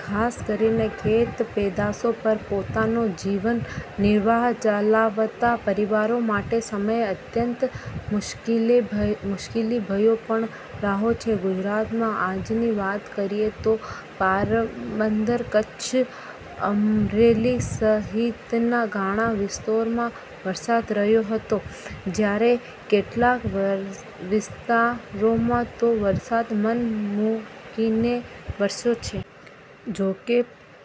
ખાસ કરીને ખેત પેદાસો પર પોતાનો જીવન નિર્વાહ ચલાવતા પરિવારો માટેસમય અત્યંત મુશ્કેલી ભર્યો પણ રહ્યો છે. ગુજરાતમાં આજની વાત કરીએ તો, પોરબંદર, કચ્છ, અમરેલી સહિતના ઘણા વિસ્તારોમાં વરસાદ રહ્યો હતો. જ્યારે કેટલાક વિસ્તારોમાં તો વરસાદ મન મુકીને વરસ્યો છે. જોકે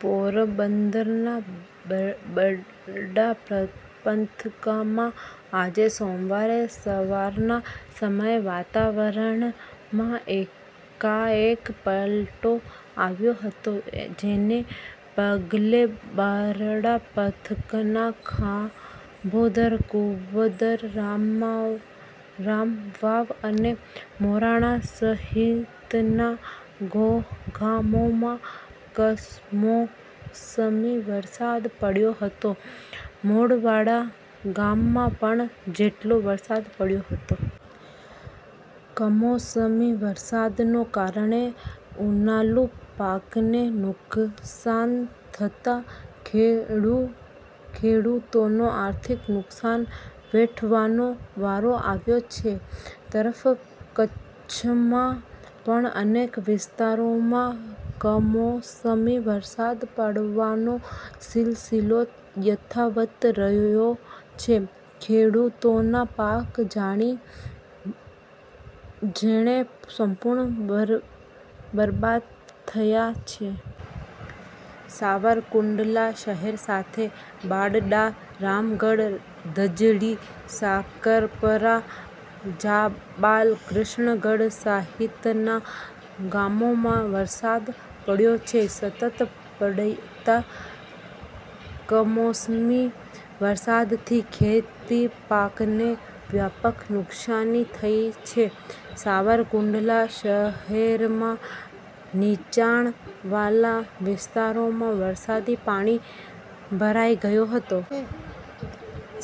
પોરબંદરના બરડા પંથકમાં આજે સોમવારે સવારના સમયે વાતાવરણમાં એકાએક પલટો આવ્યો હતો. જેને પગલે બરડા પંથકના ખાંભોદર કુંવદર રામવાવ અને મોરાણા સહિતના ગામોમાં કમોસમી વરસાદ પડ્યો હતો. મોઢવાડા ગામમાં પણ જેટલો વરસાદ પડ્યો હતો. કમોસમી વરસાદને કારણે ઉનાળુ પાકને નુકસાન થતાં ખેડૂતોને આર્થિક નુકસાન વેઠવાનો વારો આવ્યો છે. તરફ કચ્છમાં પણ અનેક વિસ્તારોમાં કમોસમી વરસાદ પડવાનો સીલસીલો યથાવત રહ્યો છે. ખેડૂતોના પાક જાણે સંપૂર્ણ બરબાદ થયા છે. સાવરકુંડલા શહેર સાથે બાઢડા, રામગઢ, ધજડી, સાકરપરા, જાબાળ, કૃષ્ણ ગઢ સહિતના ગામોમાં વરસાદ પડ્યો છે. સતત પડતા કમોસમી વરસાદથી ખેતીપાકોને વ્યાપક નુકશાની થઈ છે. સાવરકુંડલા શહેરમાં નીચાણ વાળા વિસ્તારોમાં વરસાદી પાણી ભરાઈ ગયા હતા.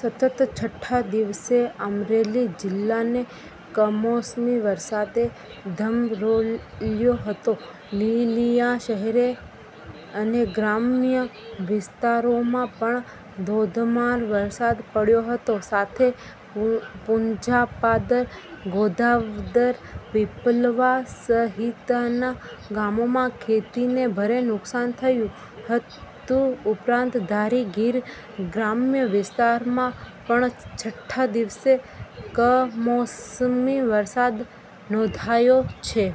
સતત છઠ્ઠા દિવસે અમરેલી જિલ્લાને કમોસમી વરસાદે ધમરોળ્યો હતો. લીલીયા શહેર અને ગ્રામ્ય વિસ્તારોમાં પણ ધોધમાર વરસાદ પડ્યો હતો. સાથેપુંજાપાદર, ગોઢાવદર, પીપળવા, સહિતના ગામોમાં ખેતીને ભારે નુકસાન થયું હતું. ઉપરાંત ધારી ગીર ગ્રામ્ય વિસ્તારમાં પણ છઠ્ઠા દિવસે કમોસમી વરસાદ નોંધાયો છે.